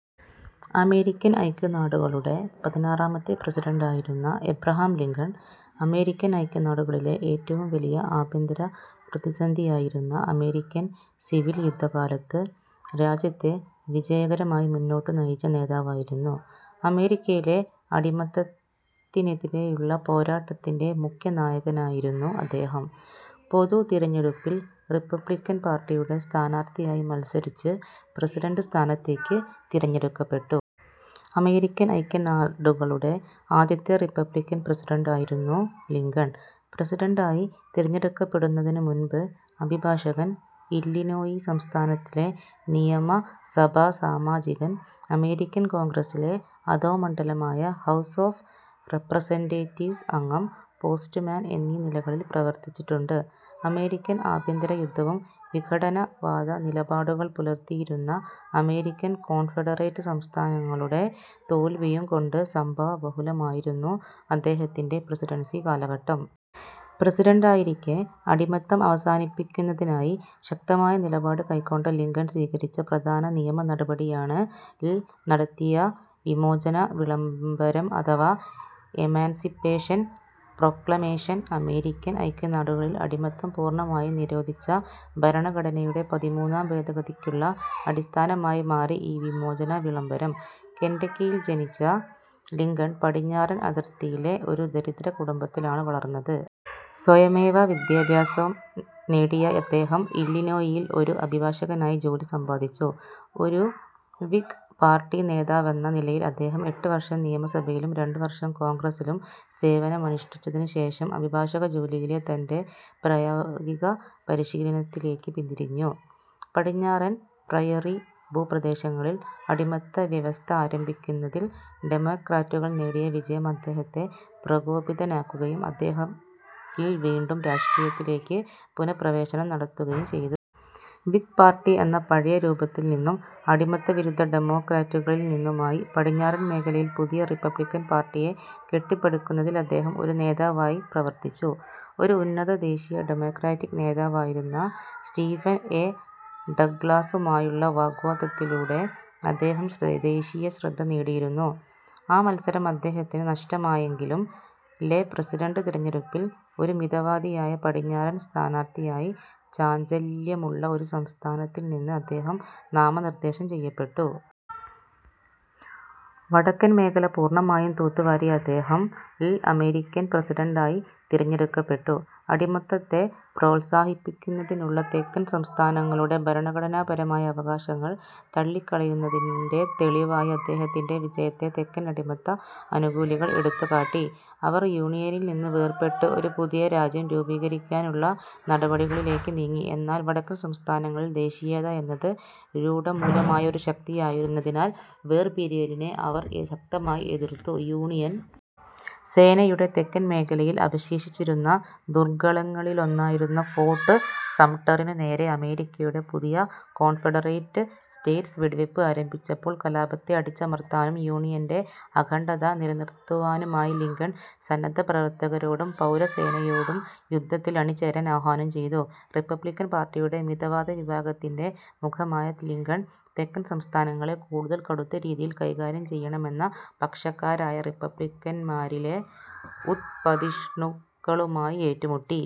American ഐക്യനാടുകളുടെ പതിനാറാമത്തെ പ്രസിഡന്റായിരുന്ന എബ്രഹാം ലിങ്കൺ, അമേരിക്കൻ ഐക്യനാടുകളിലെ ഏറ്റവും വലിയ ആഭ്യന്തര പ്രതിസന്ധിയായിരുന്ന അമേരിക്കൻ സിവിൽ യുദ്ധകാലത്ത് രാജ്യത്തെ വിജയകരമായി മുന്നോട്ട് നയിച്ച നേതാവായിരുന്നു. അമേരിക്കയിലെ അടിമത്തത്തിനെതിരെയുള്ള പോരാട്ടത്തിൻ്റെ മുഖ്യനായകനായിരുന്നു അദ്ദേഹം. പൊതു തിരഞ്ഞെടുപ്പിൽ റിപ്പബ്ലിക്കൻ പാർട്ടിയുടെ സ്ഥാനാർഥിയായി മത്സരിച്ച് പ്രസിഡന്റ് സ്ഥാനത്തേക്ക് തിരഞ്ഞെടുക്കപ്പെട്ടു. അമേരിക്കൻ ഐക്യനാടുകളുടെ ആദ്യത്തെ റിപ്പബ്ലിക്കൻ പ്രസിഡന്റായിരുന്നു ലിങ്കൺ. പ്രസിഡന്റായി തിരഞ്ഞെടുക്കപ്പെടുന്നതിനു മുൻപ് അഭിഭാഷകൻ, ഇല്ലിനോയി സംസ്ഥാനത്തിലെ നിയമസഭാസാമാജികൻ, അമേരിക്കൻ കോൺഗ്രസ്സിലെ അധോമണ്ഡലമായ ഹൗസ് ഓഫ് റെപ്രസെന്റേറ്റീവ്സ് അംഗം, പോസ്റ്റ്മാൻ എന്നീ നിലകളിൽ പ്രവർത്തിച്ചിട്ടുണ്ട്. അമേരിക്കൻ ആഭ്യന്തര യുദ്ധവും വിഘടനവാദ നിലപാടുകൾ പുലർത്തിയിരുന്ന അമേരിക്കൻ കോൺഫെഡറേറ്റ് സംസ്ഥാനങ്ങളുടെ തോൽവിയും കൊണ്ട് സംഭവബഹുലമായിരുന്നു അദ്ദേഹത്തിൻ്റെ പ്രസിഡൻസി കാലഘട്ടം. പ്രസിഡന്റായിരിക്കെ അടിമത്തം അവസാനിപ്പിക്കുന്നതിനായി ശക്തമായ നിലപാട് കൈക്കൊണ്ട ലിങ്കൺ സ്വീകരിച്ച പ്രധാന നിയമനടപടിയാണ് ൽ നടത്തിയ വിമോചന വിളംബരം അഥവാ എമാൻസിപ്പേഷൻ പ്രോക്ലമേഷൻ. അമേരിക്കൻ ഐക്യനാടുകളിൽ അടിമത്തം പൂർണ്ണമായും നിരോധിച്ച ഭരണഘടനയുടെ പതിമൂന്നാം ഭേദഗതിക്കുള്ള അടിസ്ഥാനമായി മാറി ഈ വിമോചന വിളംബരം. കെന്റക്കിയിൽ ജനിച്ച ലിങ്കൺ പടിഞ്ഞാറൻ അതിർത്തിയിലെ ഒരു ദരിദ്ര കുടുംബത്തിലാണ് വളർന്നത്. സ്വയമേവ വിദ്യാഭ്യാസം നേടിയ അദ്ദേഹം ഇല്ലിനോയിയിൽ ഒരു അഭിഭാഷകനായി ജോലി സമ്പാദിച്ചു. ഒരു വിഗ് പാർട്ടി നേതാവെന്ന നിലയിൽ അദ്ദേഹം എട്ട് വർഷം നിയമസഭയിലും രണ്ടുവർഷം കോൺഗ്രസിലും സേവനമനുഷ്ഠിച്ചതിനുശേഷം അഭിഭാഷക ജോലിയിലെ തൻ്റെ പ്രായോഗിക പരിശീലനത്തിലേക്ക് പിന്തിരിഞ്ഞു. പടിഞ്ഞാറൻ പ്രയറി ഭൂപ്രദേശങ്ങളിൽ അടിമത്ത വ്യവസ്ഥ ആരംഭിക്കുന്നതിൽ ഡെമോക്രാറ്റുകൾ നേടിയ വിജയം അദ്ദേഹത്തെ പ്രകോപിതനാക്കുകയും അദ്ദേഹം ൽ വീണ്ടും രാഷ്ട്രീയത്തിലേക്ക് പുനഃപ്രവേശനം നടത്തുകയും ചെയ്തു. വിഗ് പാർട്ടി എന്ന പഴയ രൂപത്തിൽനിന്നും അടിമത്തവിരുദ്ധ ഡെമോക്രാറ്റുകളിൽനിന്നുമായി പടിഞ്ഞാറൻ മേഖലയിൽ പുതിയ റിപ്പബ്ലിക്കൻ പാർട്ടിയെ കെട്ടിപ്പടുക്കുന്നതിൽ അദ്ദേഹം ഒരു നേതാവായി പ്രവർത്തിച്ചു. ഒരു ഉന്നത ദേശീയ ഡെമോക്രാറ്റിക് നേതാവായിരുന്ന സ്റ്റീഫൻ എ ഡഗ്ലാസുമായുള്ള വാഗ്വാദത്തിലൂടെ അദ്ദേഹം ദേശീയ ശ്രദ്ധ നേടിയിരുന്നു. ആ മത്സരം അദ്ദേഹത്തിനു നഷ്ടമായെങ്കിലും ലെ പ്രസിഡന്റ് തിരഞ്ഞെടുപ്പിൽ ഒരു മിതവാദിയായ പടിഞ്ഞാറൻ സ്ഥാനാർത്ഥിയായി ചാഞ്ചല്യമുള്ള ഒരു സംസ്ഥാനത്തിൽനിന്ന് അദ്ദേഹം നാമനിർദ്ദേശം ചെയ്യപ്പെട്ടു. വടക്കൻ മേഖല പൂർണ്ണമായും തൂത്തുവാരിയ അദ്ദേഹം ൽ അമേരിക്കൻ പ്രസിഡന്റായി തിരഞ്ഞെടുക്കപ്പെട്ടു. അടിമത്തത്തെ പ്രോത്സാഹിപ്പിക്കുന്നതിനുള്ള തെക്കൻ സംസ്ഥാനങ്ങളുടെ ഭരണഘടനാപരമായ അവകാശങ്ങൾ തള്ളിക്കളയുന്നതിൻ്റെ തെളിവായി അദ്ദേഹത്തിൻ്റെ വിജയത്തെ തെക്കൻ അടിമത്ത അനുകൂലികൾ എടുത്തുകാട്ടി. അവർ യൂണിയനിൽ നിന്ന് വേർപെട്ട് ഒരു പുതിയ രാജ്യം രൂപീകരിക്കാനുള്ള നടപടികളിലേക്ക് നീങ്ങി. എന്നാൽ വടക്കൻ സംസ്ഥാനങ്ങളിൽ ദേശീയത എന്നത് രൂഢമൂലമായ ഒരു ശക്തിയായിരുന്നതിനാൽ വേർപിരിയലിനെ അവർ ശക്തമായി എതിർത്തു. യൂണിയൻ സേനയുടെ തെക്കൻ മേഖലയിൽ അവശേഷിച്ചിരുന്ന ദുർഗങ്ങളിലൊന്നായിരുന്ന ഫോർട്ട് സംട്ടറിനുനേരെ അമേരിക്കയുടെ പുതിയ കോൺഫെഡറേറ്റ് സ്റ്റേറ്റ്സ് വെടിവയ്പ് ആരംഭിച്ചപ്പോൾ കലാപത്തെ അടിച്ചമർത്താനും യൂണിയൻ്റെ അഖണ്ഡത നിലനിർത്തുവാനുമായി ലിങ്കൺ സന്നദ്ധപ്രവർത്തകരോടും പൗരസേനയോടും യുദ്ധത്തിൽ അണിചേരാൻ ആഹ്വാനം ചെയ്തു. റിപ്പബ്ലിക്കൻ പാർട്ടിയുടെ മിതവാദ വിഭാഗത്തിൻ്റെ മുഖമായ ലിങ്കൺ, തെക്കൻ സംസ്ഥാനങ്ങളെ കൂടുതൽ കടുത്ത രീതിയിൽ കൈകാര്യം ചെയ്യണമെന്ന പക്ഷക്കാരായ റിപ്പബ്ലിക്കൻമാരിലെ ഉത്പതിഷ്ണുക്കളുമായി ഏറ്റുമുട്ടി.